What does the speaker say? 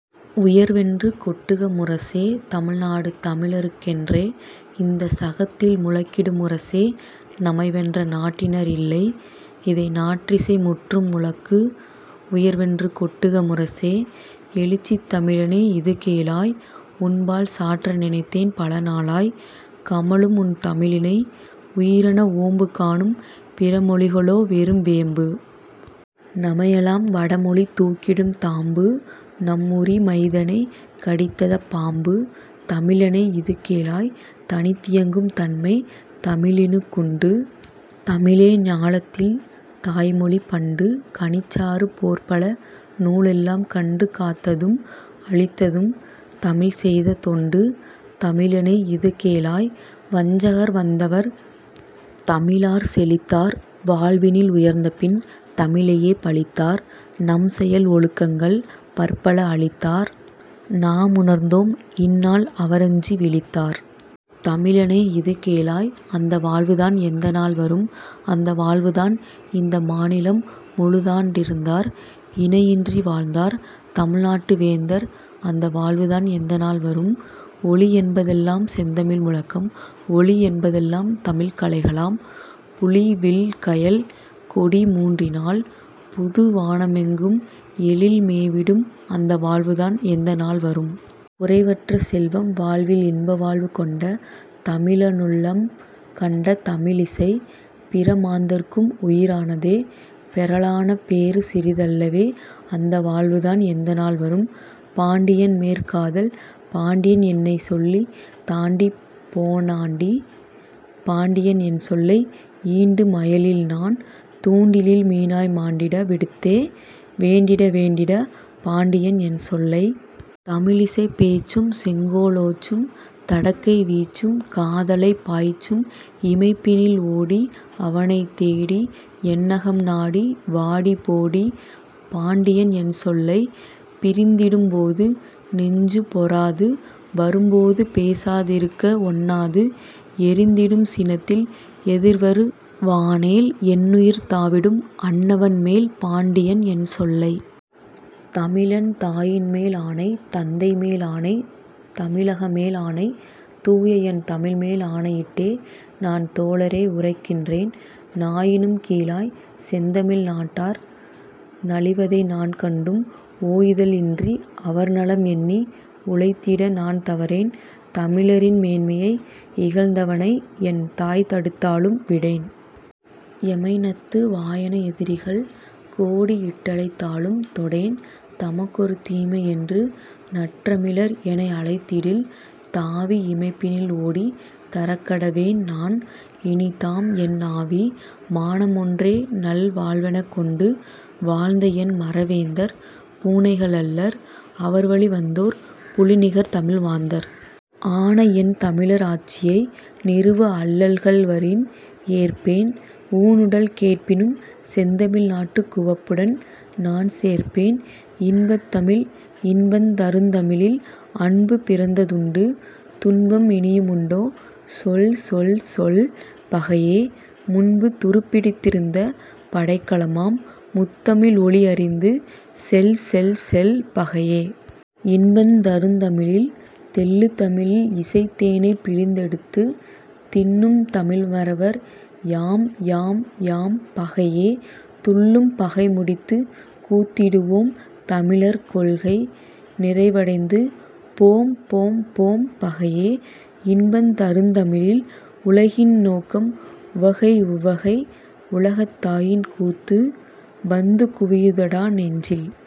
உயர்வென்று கொட்டுக முரசே! தமிழ்நாடு தமிழருக் கென்றே -- இந்தச் சகத்தில் முழக்கிடு முரசே! நமைவென்ற நாட்டினர் இல்லை -- இதை நாற்றிசை முற்றும் முழக்கு! உயர்வென்று கொட்டுக முரசே! எழுச்சி தமிழனே இது கேளாய் -- உன்பால் சாற்ற நினைத்தேன் பல நாளாய்! கமழும் உன் தமிழினை உயிரென ஓம்பு காணும் பிற மொழிக ளோவெறும் வேம்பு! நமையெலாம் வடமொழி தூக்கிடும் தாம்பு நம்உரி மைதனைக் கடித்ததப் பாம்பு! தமிழனே இது கேளாய் தனித்தியங் கும்தன்மை தமிழினுக் குண்டு; தமிழே ஞாலத்தில் தாய்மொழி பண்டு! கனிச்சாறு போற்பல நூலெலாம் கண்டு காத்ததும் அளித்ததும் தமிழ்செய்த தொண்டு. தமிழனே இது கேளாய் வஞ்சகர் வந்தவர் தமிழாற் செழித்தார் வாழ்வினில் உயர்ந்தபின் தமிழையே பழித்தார் நம்செயல் ஒழுக்கங்கள் பற்பல அழித்தார் நாமுணர்ந்தோம்; இந்நாள் அவரஞ்சி விழித்தார். தமிழனே இது கேளாய் அந்த வாழ்வுதான் எந்தநாள் வரும்? அந்த வாழ்வுதான் இந்த மாநிலம் முழுதாண் டிருந்தார் இணையின்றி வாழ்ந்தார் தமிழ்நாட்டு வேந்தர் அந்த வாழ்வுதான் எந்தநாள் வரும்? ஒலி என்பதெல்லாம் செந்தமிழ் முழக்கம்; ஒளி என்பதெல்லாம் தமிழ்க் கலைகளாம்! புலி, வில், கயல் கொடி மூன்றினால் புது வானமெங்கும் எழில் மேவிடும் அந்த வாழ்வுதான் எந்தநாள் வரும்? குறைவற்ற செல்வம், வாழ்வில் இன்பவாழ்வு கொண்ட தமிழனுள்ளம் கண்ட தமிழிசை. பிற மாந்தர்க்கும் உயி ரானதே பெறலான பேறு சிறி தல்லவே! அந்த வாழ்வுதான் எந்தநாள் வரும்? பாண்டியன்மேற் காதல் பாண்டியன் என் சொல்லைத் தாண்டிப் போனாண்டி, பாண்டியன் என் சொல்லை... ஈண்டு மயலில்நான் தூண்டிலில் மீனாய் மாண்டிட விடுத்தே வேண்டிட வேண்டிட, பாண்டியன் என் சொல்லை... தமிழிசைப் பேச்சும், செங்கோலோச்சும்; தடக்கை வீச்சும், காதலைப் பாய்ச்சும், இமைப்பினில் ஓடி அவனைத் தேடி என்னகம் நாடி வாடிபோடி பாண்டியன் என் சொல்லை... பிரிந்திடும் போது நெஞ்சு பொறாது; வரும்போது பேசா திருக்க ஒண்ணாது எரிந்திடும் சினத்தில் எதிர்வரு வானேல் என்னுயிர் தாவிடும் அன்னவன் மேல் பாண்டியன் என் சொல்லை... தமிழன் தாயின்மேல் ஆணை! தந்தைமேல் ஆணை! தமிழகமேல் ஆணை! தூயஎன் தமிழ்மேல் ஆணையிட்டே நான் தோழரே உரைக்கின்றேன்: நாயினும் கீழாய்ச் செந்தமிழ் நாட்டார் நலிவதை நான் கண்டும், ஓயுதல் இன்றி அவர் நலம் எண்ணி உழைத்திட நான் தவறேன். தமிழரின் மேன்மையை இகழ்ந்தவ னைஎன் தாய்தடுத் தாலும் விடேன்! எமைநத்து வாயென எதிரிகள் கோடி இட்டழைத் தாலும் தொடேன்! "தமக்கொரு தீமை" என்று நற்றமிழர் எனைஅழைத்திடில் தாவி இமைப்பினில் ஓடித் தரக்கடவேன் நான் இனிதாம் என் ஆவி! மானமொன்றே நல் வாழ்வெனக் கொண்டு வாழ்ந்தஎன் மற வேந்தர் பூனைகள் அல்லர்; அவர்வழி வந்தோர் புலிநிகர் தமிழ் மாந்தர்! ஆனஎன் தமிழர் ஆட்சியை நிறுவ அல்லல்கள் வரின் ஏற்பேன்! ஊனுடல் கேட்பினும் செந்தமிழ் நாட்டுக் குவப்புடன் நான் சேர்ப்பேன்! இன்பத் தமிழ் இன்பந் தருந்தமிழில் அன்பு பிறந்ததுண்டு; துன்பம் இனியு முண்டோ சொல் சொல் சொல் பகையே! முன்பு துருப்பிடித்தி ருந்த படைக்கலமாம் முத்தமிழ் ஒளி அறிந்து செல் செல் செல் பகையே! இன்பந் தருந்தமிழில்... தெள்ளு தமிழில்இசைத் தேனைப் பிழிந்தெடுத்துத் தின்னும் தமிழ் மறவர் யாம் யாம் யாம் பகையே! துள்ளும் பகைமுடித்துக் கூத்திடுவோம் தமிழர் கொள்கை நிறைவ டைந்து போம் போம் போம் பகையே! இன்பந் தருந்தமிழில்... உலகின் நோக்கம் உவகை உவகை உலகத்தாயின் கூத்து! -- வந்து குவியுதடா நெஞ்சில்